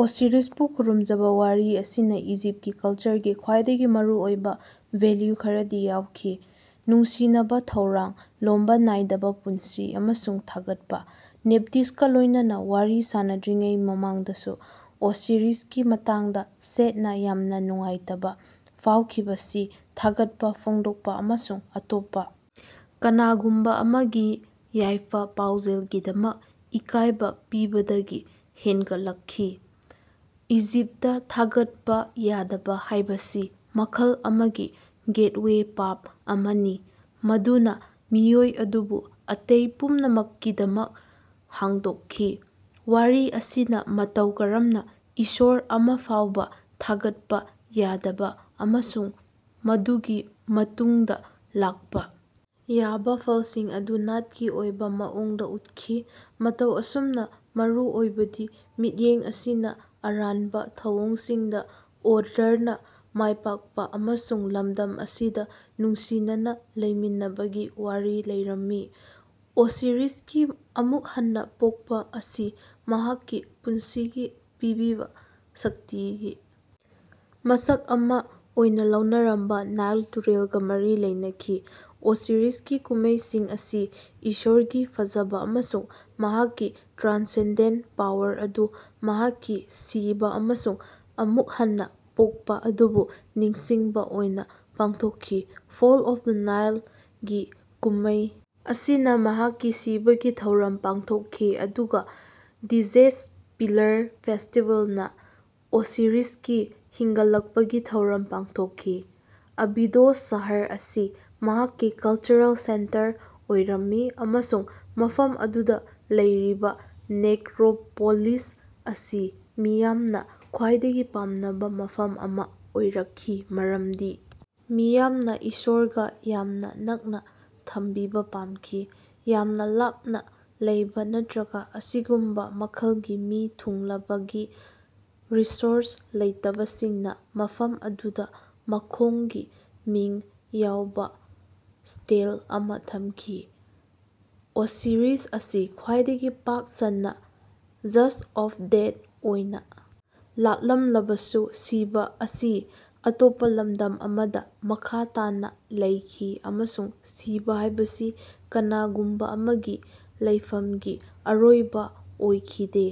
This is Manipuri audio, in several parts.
ꯑꯣꯁꯤꯔꯤꯁꯄꯨ ꯈꯨꯔꯨꯝꯖꯕ ꯋꯥꯔꯤ ꯑꯁꯤꯅꯥ ꯏꯖꯤꯞꯀꯤ ꯀꯜꯆꯔꯒꯤ ꯈ꯭ꯋꯥꯏꯗꯒꯤ ꯃꯔꯨꯑꯣꯏꯕꯥ ꯚꯦꯜꯌꯨ ꯈꯔꯗꯤ ꯌꯥꯎꯈꯤ: ꯅꯨꯡꯁꯤꯅꯕꯥ ꯊꯧꯔꯥꯡ, ꯂꯣꯝꯕꯥ ꯅꯥꯏꯗꯕꯥ ꯄꯨꯟꯁꯤ ꯑꯃꯁꯨꯡ ꯊꯥꯒꯠꯄꯥ꯫ ꯅꯦꯞꯇꯤꯁꯀꯥ ꯂꯣꯢꯅꯅꯥ ꯋꯥꯔꯤ ꯁꯥꯅꯗ꯭ꯔꯤꯉꯩ ꯃꯃꯥꯡꯗꯁꯨ ꯑꯣꯁꯤꯔꯤꯁꯀꯤ ꯃꯇꯥꯡꯗꯥ ꯁꯦꯇꯅꯥ ꯌꯥꯝꯅꯥ ꯅꯨꯡꯉꯥꯏꯇꯕꯥ ꯐꯥꯎꯈꯤꯕꯁꯤ ꯊꯥꯒꯠꯄꯥ ꯐꯣꯡꯗꯣꯛꯄꯥ ꯑꯃꯁꯨꯡ ꯑꯇꯣꯞꯄꯥ ꯀꯅꯥꯒꯨꯝꯕꯥ ꯑꯃꯒꯤ ꯌꯥꯏꯐ-ꯄꯥꯎꯖꯦꯜꯒꯤꯗꯃꯛ ꯏꯀꯥꯏꯕꯥ ꯄꯤꯕꯗꯒꯤ ꯍꯦꯟꯒꯠꯂꯛꯈꯤ꯫ ꯏꯖꯤꯞꯇꯥ ꯊꯥꯒꯠꯄꯥ ꯌꯥꯗꯕꯥ ꯍꯥꯢꯕꯁꯤ ꯃꯈꯜ ꯑꯃꯒꯤ "ꯒꯦꯠꯋꯦ ꯄꯥꯞ" ꯑꯃꯅꯤ ꯃꯗꯨꯅꯥ ꯃꯤꯑꯣꯏ ꯑꯗꯨꯕꯨ ꯑꯇꯩ ꯄꯨꯝꯅꯃꯛꯀꯤꯗꯃꯛ ꯍꯥꯡꯗꯣꯛꯈꯤ꯫ ꯋꯥꯔꯤ ꯑꯁꯤꯅꯥ ꯃꯇꯧ ꯀꯔꯝꯅꯥ ꯏꯁꯣꯔ ꯑꯃꯐꯥꯎꯕꯥ ꯊꯥꯒꯠꯄꯥ ꯌꯥꯗꯕꯥ ꯑꯃꯁꯨꯡ ꯃꯗꯨꯒꯤ ꯃꯇꯨꯡꯗꯥ ꯂꯥꯛꯄꯥ ꯌꯥꯕꯥ ꯐꯜꯁꯤꯡ ꯑꯗꯨ ꯅꯥꯠꯀꯤ ꯑꯣꯏꯕꯥ ꯃꯑꯣꯡꯗꯥ ꯎꯠꯈꯤ꯫ ꯃꯇꯧ ꯑꯁꯨꯝꯅꯥ ꯃꯔꯨ ꯑꯣꯏꯕꯗꯤ, ꯃꯤꯠꯌꯦꯡ ꯑꯁꯤꯅꯥ ꯑꯔꯥꯟꯕꯥ ꯊꯧꯑꯣꯡꯁꯤꯡꯗꯥ ꯑꯣꯔꯗꯔꯅꯥ ꯃꯥꯏꯄꯥꯛꯄꯥ ꯑꯃꯁꯨꯡ ꯂꯝꯗꯝ ꯑꯁꯤꯗꯥ ꯅꯨꯡꯁꯤꯅꯅꯥ ꯂꯩꯃꯤꯟꯅꯕꯒꯤ ꯋꯥꯔꯤ ꯂꯤꯔꯝꯃꯤ꯫ ꯑꯣꯁꯤꯔꯤꯁꯀꯤ ꯑꯃꯨꯛ ꯍꯟꯅꯥ ꯄꯣꯛꯄꯥ ꯑꯁꯤ ꯃꯍꯥꯛꯀꯤ ꯄꯨꯟꯁꯤ ꯄꯤꯕꯤꯕꯥ ꯁꯛꯇꯤꯒꯤ ꯃꯁꯛ ꯑꯃꯥ ꯑꯣꯏꯅꯥ ꯂꯧꯅꯔꯝꯕꯥ ꯅꯥꯏꯜ ꯇꯨꯔꯦꯜꯒꯥ ꯃꯔꯤ ꯂꯩꯅꯈꯤ꯫ ꯑꯣꯁꯤꯔꯤꯁꯀꯤ ꯀꯨꯝꯃꯩꯁꯤꯡ ꯑꯁꯤ ꯏꯁꯣꯔꯒꯤ ꯐꯖꯕꯥ ꯑꯃꯁꯨꯡ ꯃꯍꯥꯛꯀꯤ ꯇ꯭ꯔꯥꯟꯁꯦꯟꯗꯦꯟꯇ ꯄꯥꯋꯔ ꯑꯗꯨꯕꯨ ꯃꯍꯥꯛꯀꯤ ꯁꯤꯕꯥ ꯑꯃꯁꯨꯡ ꯑꯃꯨꯛ ꯍꯟꯅꯥ ꯄꯣꯛꯄꯥ ꯑꯗꯨꯕꯨ ꯅꯤꯡꯁꯤꯡꯕꯥ ꯑꯣꯏꯅꯥ ꯄꯥꯡꯊꯣꯛꯈꯤ꯫ ꯐꯣꯜ ꯑꯣꯐ ꯗ ꯅꯥꯏꯂꯒꯤ ꯀꯨꯝꯃꯩ ꯑꯁꯤꯅꯥ ꯃꯍꯥꯛꯀꯤ ꯁꯤꯕꯒꯤ ꯊꯧꯔꯝ ꯄꯥꯡꯊꯣꯛꯈꯤ ꯑꯗꯨꯒꯥ ꯗ꯭ꯖꯦꯗ ꯄꯤꯂꯥꯔ ꯐꯦꯁꯇꯤꯕꯦꯜꯅꯥ ꯑꯣꯁꯤꯔꯤꯁꯀꯤ ꯍꯤꯡꯒꯠꯂꯛꯄꯒꯤ ꯊꯧꯔꯝ ꯄꯥꯡꯊꯣꯛꯈꯤ꯫ ꯑꯕꯤꯗꯣꯁ ꯁꯍꯔ ꯑꯁꯤ ꯃꯍꯥꯛꯀꯤ ꯀꯜꯆꯔꯦꯜ ꯁꯦꯟꯇꯔ ꯑꯣꯏꯔꯝꯃꯤ ꯑꯃꯁꯨꯡ ꯃꯐꯝ ꯑꯗꯨꯗꯥ ꯂꯩꯔꯤꯕꯥ ꯅꯦꯛꯔꯣꯄꯣꯂꯤꯁ ꯑꯁꯤ ꯃꯤꯌꯥꯝꯅꯥ ꯈ꯭ꯋꯥꯏꯗꯒꯤ ꯄꯥꯝꯅꯕꯥ ꯃꯐꯝ ꯑꯃꯥ ꯑꯣꯏꯔꯛꯈꯤ ꯃꯔꯝꯗꯤ ꯃꯤꯌꯥꯝꯅꯥ ꯏꯁꯣꯔꯒꯥ ꯌꯥꯝꯅꯥ ꯅꯛꯅꯥ ꯊꯝꯕꯤꯕꯥ ꯄꯥꯝꯈꯤ꯫ ꯌꯥꯝꯅꯥ ꯂꯥꯞꯅꯥ ꯂꯩꯕꯥ ꯅꯠꯔꯒꯥ ꯑꯁꯤꯒꯨꯝꯕꯥ ꯃꯈꯜꯒꯤ ꯃꯤ ꯊꯨꯡꯂꯕꯒꯤ ꯔꯤꯁꯣꯔꯁ ꯂꯩꯇꯕꯁꯤꯡꯅꯥ ꯃꯐꯝ ꯑꯗꯨꯗꯥ ꯃꯈꯣꯡꯒꯤ ꯃꯤꯡ ꯌꯥꯎꯕꯥ ꯁ꯭ꯇꯦꯜ ꯑꯃꯥ ꯊꯝꯈꯤ꯫ ꯑꯣꯁꯤꯔꯤꯁ ꯑꯁꯤ ꯈ꯭ꯋꯥꯏꯗꯒꯤ ꯄꯥꯛ ꯁꯟꯅꯥ ꯖꯁ ꯑꯣꯐ ꯗꯦꯗ ꯑꯣꯏꯅꯥ ꯂꯥꯠꯂꯝꯂꯕꯁꯨ ꯁꯤꯕꯥ ꯑꯁꯤ ꯑꯇꯣꯞꯄꯥ ꯂꯝꯗꯝ ꯑꯃꯗꯥ ꯃꯈꯥ ꯇꯥꯅꯥ ꯂꯩꯈꯤ ꯑꯃꯁꯨꯡ ꯁꯤꯕꯥ ꯍꯥꯢꯕꯁꯤ ꯀꯅꯥꯒꯨꯝꯕꯥ ꯑꯃꯒꯤ ꯂꯩꯐꯝꯒꯤ ꯑꯔꯣꯏꯕꯥ ꯑꯣꯏꯈꯤꯗꯦ꯫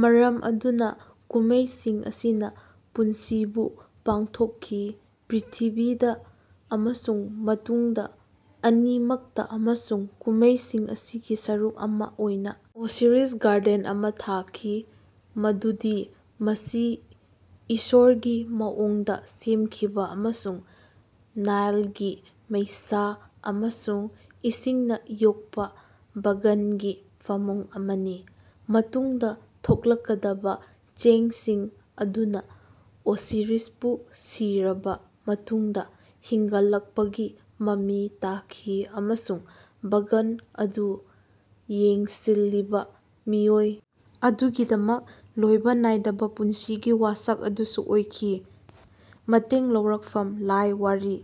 ꯃꯔꯝ ꯑꯗꯨꯅꯥ ꯀꯨꯝꯃꯩꯁꯤꯡ ꯑꯁꯤꯅꯥ ꯄꯨꯟꯁꯤꯕꯨ ꯄꯥꯡꯊꯣꯛꯈꯤ ꯄ꯭ꯔ꯭ꯤꯊꯤꯕꯤꯗꯥ ꯑꯃꯁꯨꯡ ꯃꯇꯨꯡꯗꯥ ꯑꯅꯤꯃꯛꯇꯥ ꯑꯃꯁꯨꯡ ꯀꯨꯝꯃꯩꯁꯤꯡ ꯑꯁꯤꯒꯤ ꯁꯔꯨꯛ ꯑꯃꯥ ꯑꯣꯏꯅꯥ ꯑꯣꯁꯤꯔꯤꯁ ꯒꯥꯔꯗꯦꯟ ꯑꯃꯥ ꯊꯥꯈꯤ ꯃꯗꯨꯗꯤ ꯃꯁꯤ ꯏꯁꯣꯔꯒꯤ ꯃꯑꯣꯡꯗꯥ ꯁꯦꯝꯈꯤꯕꯥ ꯑꯃꯁꯨꯡ ꯅꯥꯏꯂꯒꯤ ꯃꯩꯁꯥ ꯑꯃꯁꯨꯡ ꯏꯁꯤꯡꯅꯥ ꯌꯣꯛꯄꯥ ꯕꯥꯒꯥꯟꯒꯤ ꯐꯃꯨꯡ ꯑꯃꯅꯤ꯫ ꯃꯇꯨꯡꯗꯥ ꯊꯣꯛꯂꯛꯀꯗꯕꯥ ꯆꯦꯡꯁꯤꯡ ꯑꯗꯨꯅꯥ ꯑꯣꯁꯤꯔꯤꯁꯄꯨ ꯁꯤꯔꯕꯥ ꯃꯇꯨꯡꯗꯥ ꯍꯤꯡꯒꯠꯂꯛꯄꯒꯤ ꯃꯃꯤ ꯇꯥꯈꯤ ꯑꯃꯁꯨꯡ ꯕꯥꯒꯥꯟ ꯑꯗꯨ ꯌꯦꯡꯁꯤꯜꯂꯤꯕꯥ ꯃꯤꯑꯣꯏ ꯑꯗꯨꯒꯤꯗꯃꯛ ꯂꯣꯢꯕꯥ ꯅꯥꯏꯗꯕꯥ ꯄꯨꯟꯁꯤꯒꯤ ꯋꯥꯁꯛ ꯑꯗꯨꯁꯨ ꯑꯣꯏꯈꯤ꯫ ꯃꯇꯦꯡ ꯂꯧꯔꯛꯐꯝ:ꯂꯥꯏ ꯋꯥꯔꯤ꯫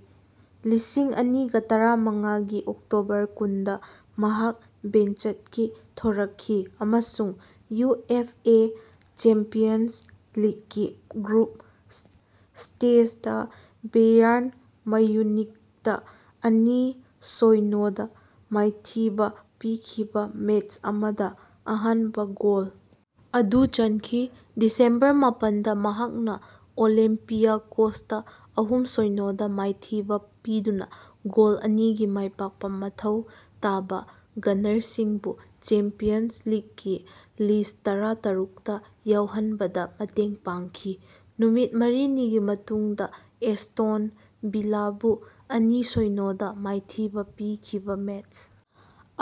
ꯂꯤꯁꯤꯡꯑꯅꯤꯒ ꯇꯔꯥꯃꯉꯥ ꯒꯤ ꯑꯣꯛꯇꯣꯕꯔ ꯀꯨꯟꯗꯥ ꯃꯍꯥꯛ ꯕꯦꯟꯆꯇꯒꯤ ꯊꯣꯔꯛꯈꯤ ꯑꯃꯁꯨꯡ ꯌꯨ꯬ꯑꯦꯐ꯬ꯑꯦ ꯆꯦꯝꯄꯤꯌꯟꯁ ꯂꯤꯒꯀꯤ ꯒ꯭ꯔꯨꯞ ꯁ꯭ꯇꯦꯖꯇꯥ ꯕꯦꯌꯥꯔꯟ ꯃ꯭ꯌꯨꯅꯤꯛꯇꯥ ꯑꯅꯤ-ꯁꯣꯢꯅꯣꯗꯥ ꯃꯥꯏꯊꯤꯕꯥ ꯄꯤꯈꯤꯕꯥ ꯃꯦꯆ ꯑꯃꯗꯥ ꯑꯍꯥꯟꯕꯥ ꯒꯣꯜ ꯑꯗꯨ ꯆꯟꯈꯤ ꫰ ꯗꯤꯁꯦꯝꯕꯔ ꯃꯄꯟꯗꯥ ꯃꯍꯥꯛꯅꯥ ꯑꯣꯂꯤꯝꯄꯤꯌꯥꯀꯣꯁꯇꯥ ꯑꯍꯨꯝ-ꯁꯣꯢꯅꯣꯗꯥ ꯃꯥꯏꯊꯤꯕꯥ ꯄꯤꯗꯨꯅꯥ ꯒꯣꯜ ꯑꯅꯤꯒꯤ ꯃꯥꯏꯄꯥꯛꯄꯥ ꯃꯊꯧ ꯇꯥꯕꯥ ꯒꯅꯔꯁꯤꯡꯕꯨ ꯆꯦꯝꯄꯤꯌꯟꯁ ꯂꯤꯒꯀꯤ ꯂꯥꯁ꯭ꯠ-ꯇꯔꯥꯇꯔꯨꯛꯇꯥ ꯌꯥꯎꯍꯟꯕꯗꯥ ꯃꯇꯦꯡ ꯄꯥꯡꯈꯤ ꫰ ꯅꯨꯃꯤꯠ ꯃꯔꯤꯅꯤꯒꯤ ꯃꯇꯨꯡꯗꯥ ꯑꯦꯁꯇꯣꯟ ꯚꯤꯂꯥꯕꯨ ꯑꯅꯤ-ꯁꯣꯢꯅꯣ ꯗꯥ ꯃꯥꯏꯊꯤꯕꯥ ꯄꯤꯈꯤꯕꯥ ꯃꯦꯆ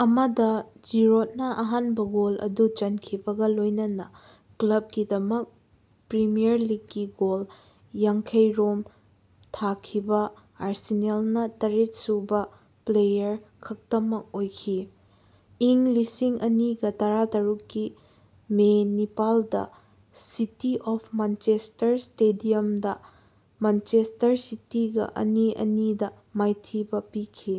ꯑꯃꯗꯥ ꯖꯤꯔꯣꯗꯅꯥ ꯑꯍꯥꯟꯕꯥ ꯒꯣꯜ ꯑꯗꯨ ꯆꯟꯈꯤꯕꯒꯥ ꯂꯣꯏꯅꯅꯥ ꯀ꯭ꯂꯕꯀꯤꯗꯃꯛ ꯄ꯭ꯔꯤꯃꯤꯌꯥꯔ ꯂꯤꯒꯀꯤ ꯒꯣꯜ ꯌꯥꯡꯈꯩꯔꯣꯝ ꯊꯥꯈꯤꯕꯥ ꯑꯥꯔꯁꯦꯅꯥꯜꯒꯤ ꯇꯔꯦꯠꯁꯨꯕꯥ ꯄ꯭ꯂꯦꯌꯥꯔ ꯈꯛꯇꯃꯛ ꯑꯣꯏꯈꯤ ꫰ ꯢꯪ ꯂꯤꯁꯤꯡꯑꯅꯤꯒ ꯇꯔꯥꯇꯔꯨꯛ ꯀꯤ ꯃꯦ ꯅꯤꯄꯥꯜꯗꯥ ꯁꯤꯇꯤ ꯑꯣꯐ ꯃ꯭ꯌꯥꯟꯆꯦꯁꯇꯔ ꯁ꯭ꯇꯦꯗꯤꯌꯝꯗꯥ ꯃ꯭ꯌꯥꯟꯆꯦꯁꯇꯔ ꯁꯤꯇꯤꯒꯥ ꯑꯅꯤ-ꯑꯅꯤ ꯗꯥ ꯃꯥꯏꯊꯤꯕꯥ ꯄꯤꯈꯤ꯫